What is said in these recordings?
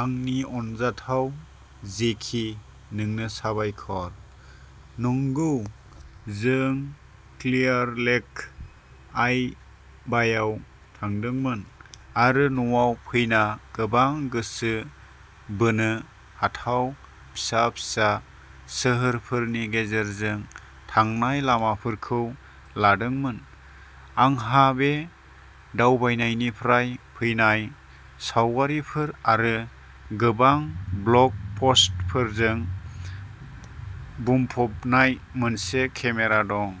आंनि अनजाथाव जेकी, नोंनो साबायखर। नंगौ, जों क्लियार लेक, आय'वायाव थांदोंमोन आरो न'आव फैना गोबां गोसो बोनो हाथाव फिसा फिसा सोहोरफोरनि गेजेरजों थांनाय लामाफोरखौ लादोंमोन। आंहा बे दावबायनायनिफ्राय फैनाय सावगारिफोर आरो गोबां ब्लग पस्टफोरजों बुंफबनाय मोनसे केमेरा दं।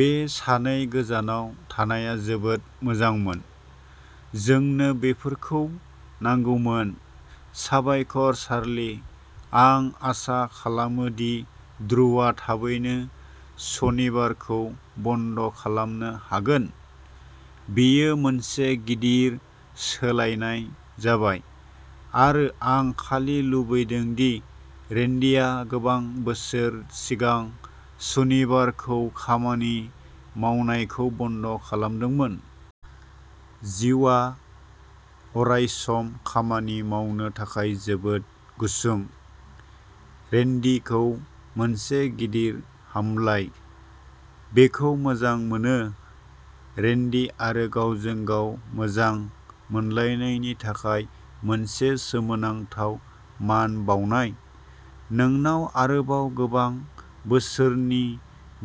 बे साननै गोजानाव थानाया जोबोद मोजांमोन। जोंनो बेफोरखौ नांगौमोन। साबायखर, चार्ली। आं आसा खालामो दि ड्रुआ थाबैनो सनिबारखौ बन्द'खालामनो हागोन। बेयो मोनसे गिदिर सोलायनाय जाबाय आरो आं खालि लुबैदों दि रेन्डिआ गोबां बोसोर सिगां सनिबारखौ खामानि मावनायखौ बन्द'खालामदोंमोन। जिउआ अरायसम खामानि मावनो थाखाय जोबोद गुसुं। रेन्डिखौ मोनसे गिदिर हामलाय!!! बेखौ मोजां मोनो। रेन्डि आरो गावजों गाव मोजां मोनलायनायनि थाखाय मोनसे सोमोनांथाव मान बाउनाय। नोंनाव आरोबाव गोबां बोसोरारि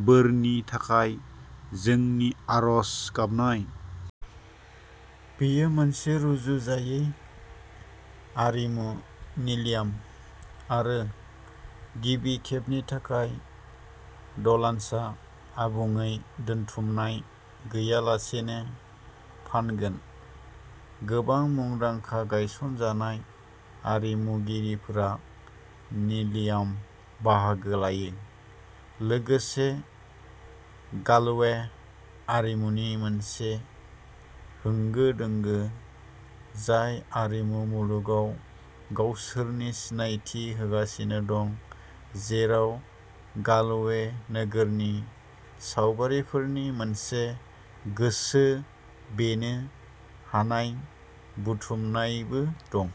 बोरनि थाखाय जोंनि आरज गाबनाय। बेयो मोनसे रुजुजायै आरिमु निलाम, आरो गिबि खेबनि थाखाय, ड'लान्सआ आबुङै दोनथुमनाय गैयालासेनो फान्गोन। गोबां मुंदांखा गायसनजानाय आरिमुगिरिफोरा निलामाव बाहागो लायो, लोगोसे गालवे आरिमुनि मोनसे होंगो दोंगो, जाय आरिमु मुलुगाव गावसोरनि सिनायथि होगासिनो दं, जेराव गालवे नोगोरनि सावगारिफोरनि मोनसे गोसो बोनो हानाय बुथुमनायबो दं।